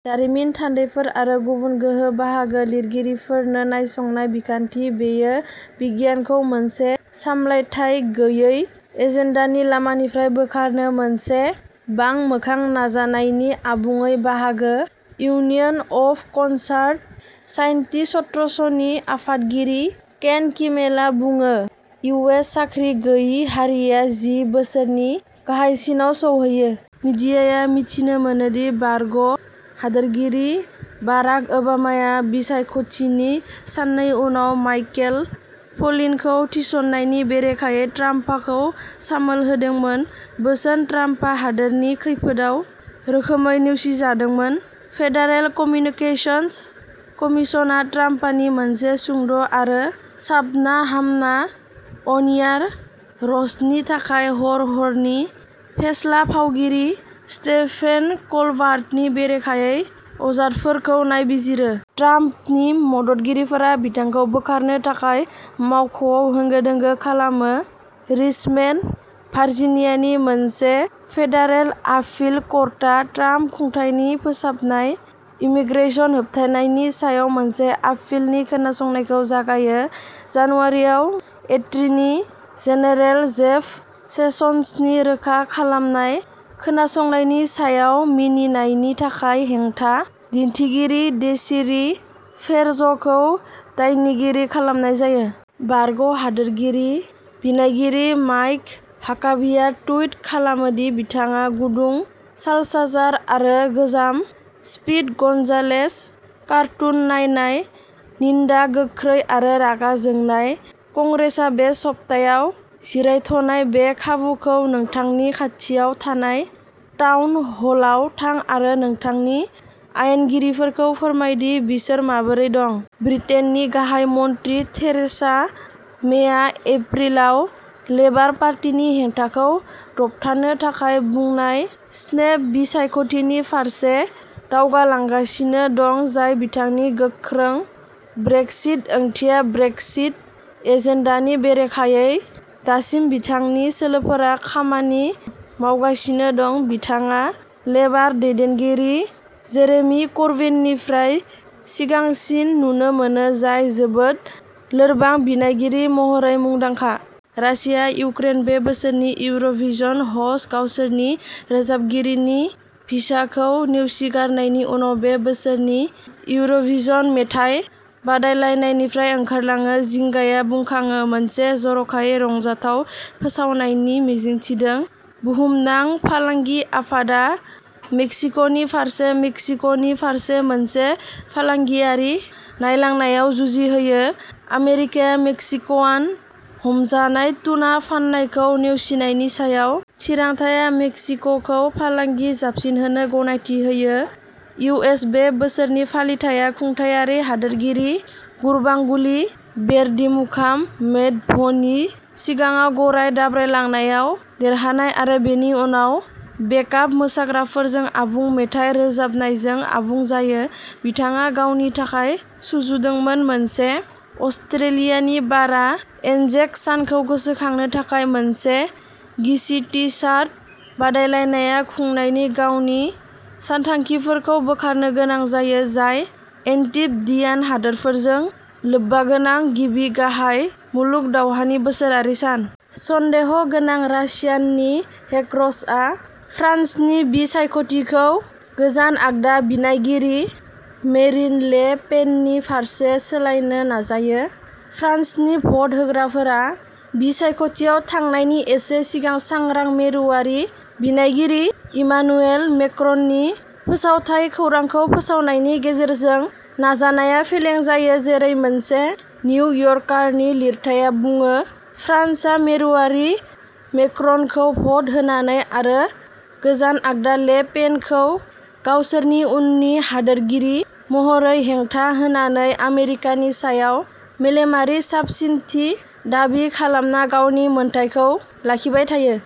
दारिमिन थान्दैफोर आरो गुबुन गोहो बाहागो लागिरिफोरनो नायसंनाय बिखान्थि। "बेयो बिगियानखौ मोनसे सामलायथाय गैयै एजेन्डानि लामानिफ्राय बोखारनो मोनसे बांमोखां नाजानायनि आबुङै बाहागो", इउनियन अफ कनसार्नड साइन्टिस्ट्सनि आफादगिरि केन किमेलआ बुङो- इउ. एस. साख्रि गैयै हारआ जि बोसोरनि गाहायसिनाव सौहैयो। मिडियाया मिथिनो मोनो दि बारग' हादोरगिरि बाराक ओबामाया बिसायख'थिनि साननै उनाव माइकेल फ्लिनखौ थिसननायनि बेरेखायै ट्राम्पखौ सामोल होदोंमोन, बोसोन ट्राम्पआ हादोरनि खैफोदआव रोखायै नेवसिदोंमोन। फेडारेल कमुनिकेसनस कमिसनआ ट्राम्पनि मोनसे सुंद' आरो साबना-हामना अन-एयार र'स्टनि थाखाय हर-हरनि फेस्ला फावगिरि स्टेफेन कलबार्टनि बेरेखायै अजदफोरखौ नायबिजिरो। ट्राम्पनि मददगिरिफोरा बिथांखौ बोखारनो थाखाय मावख'आव होंगो-दोंगो खालामो। रिचमेन्ड, भार्जिनियानि मोनसे फेडारेल आपिल कर्टआ ट्राम्प खुंथायनि फोसाबनाय इमिग्रेशन होबथानायनि सायाव मोनसे आपिलनि खोनासंनायखौ जागायो। जानुवारियाव एटर्नी जेनेरेल जेफ सेसन्सनि रोखा खालामनाय खोनासंनायनि समाव मिनिनायनि थाखाय हेंथा दिन्थिगिरि डेसिरी फेर'जखौ दायनिगिरि खालामनाय जायो। बारग' हादोरगिरि बिनायगिरि माइक हाकाबीआ टुइट खालामो दि बिथाङा गुदुं साल्सा जार आरो "गोजाम स्पिडी गन्जालेज कार्टुन" नायनाय। निन्दा गोख्रै आरो रागा जोंनाय। कंग्रेसआ बे सप्तायाव जिरायथ'नाय। बे खाबुखौ नोंथांनि खाथियाव थानाय टाउन हलआव थां आरो नोंथांनि आयेनगिरिफोरखौ फोरमाय दि बिसोर माबोरै दं। ब्रिटेननि गाहाय मन्थ्रि थेरेसा मेया एप्रिलाव लेबार पार्टीनि हेंथाखौ दबथायनो थाखाय बुंनाय स्नेप बिसायख'थिनि फारसे दावगालांगासिनो दं, जाय बिथांनि गोख्रों "ब्रेक्सिट ओंथिया ब्रेक्सिट" एजेन्डानि बेरेखायै। दासिम, बिथांनि सोलोफोरा खामानि मावगासिनो दं, बिथाङा लेबार दैदेनगिरि जेरेमी कर्बिननिफ्राय सिगांसिन नुनो मोनो, जाय जोबोद लोरबां बिनायगिरि महरै मुंदांखा। रासिया इउक्रेन बे बोसोरनि इउर'भिजन ह'स्ट गावसोरनि रोजाबगिरिनि भिसाखौ नेवसिगारनायनि उनाव बे बोसोरनि इउर'भिजन मेथाइ बादायलायनायनिफ्राय ओंखारलाङो। जिंगाया बांखाङो, मोनसे जर'खायै रंजाथाव फोसावनायनि मिजिं थिदों। बुहुमनां फालांगि आफादआ मेक्सिक'नि फारसे मेक्सिक'नि फारसे मोनसे फालांगियारि नांलायनायाव जुजि होयो, आमेरिकाया मेक्सिकान हमजानाय टुना फाननायखौ नेवसिनायनि सायाव। थिरांथाया मेक्सिक'खौ फालांगि जाबसिनहोनो गनायथि होयो। इउ. एस. बे बोसोरनि फालिथाइया खुंथायारि हादोरगिरि गुरबांगुलि बेरदिमुखाममेदभनि सिगाङाव गराय दाब्रायनायाव देरहानाय आरो बेनि उनाव बेकआप मोसाग्राफोरजों आबुं मेथाइ रोजाबनायजों आबुं जायो-बिथाङा गावनि थाखाय सुजुदोंमोन। मोनसे अस्ट्रेलियानि बारआ एन्जेक सानखौ गोसोखांनो थाखाय मोनसे गिसि टी सार्ट बादायलायनाय खुंनायनि गावनि सानथांखिफोरखौ बोखारनो गोनां जायो, जाय एन्टीप'डियान हादोरफोरजों लोब्बागोनां गिबि गाहाय मुलुग दावहानि बोसोरारि सान। सन्देह'गोनां रासियानि हेकर्सआ फ्रान्सनि बिसायख'थिखौ गोजान-आगदा बिनायगिरि मेरिन ले पेननि फारसे सोलायनो नाजायो, फ्रान्सनि भट होग्राफोरा बिसायख'थियाव थांनायनि एसे सिगां सांग्रां मिरुआरि बिनायगिरि इमानुएल मेक्र'ननि फोसावथाय खौरांखौ फोसावनायनि गेजेरजों। नाजानाया फेलें जायो। जेरै मोनसे निउ यर्कारनि लिरथाइया बुङो, फ्रान्सआ मिरुआरि मेक्र'नखौ भ'ट होनानै आरो गोजान आगदा ले पेनखौ गावसोरनि उननि हादोरगिरि महरै हेंथा होनानै आमेरिकानि सायाव मेलेमारि साबसिनथि दाबि खालामना गावनि मोनथायखौ लाखिबाय थायो।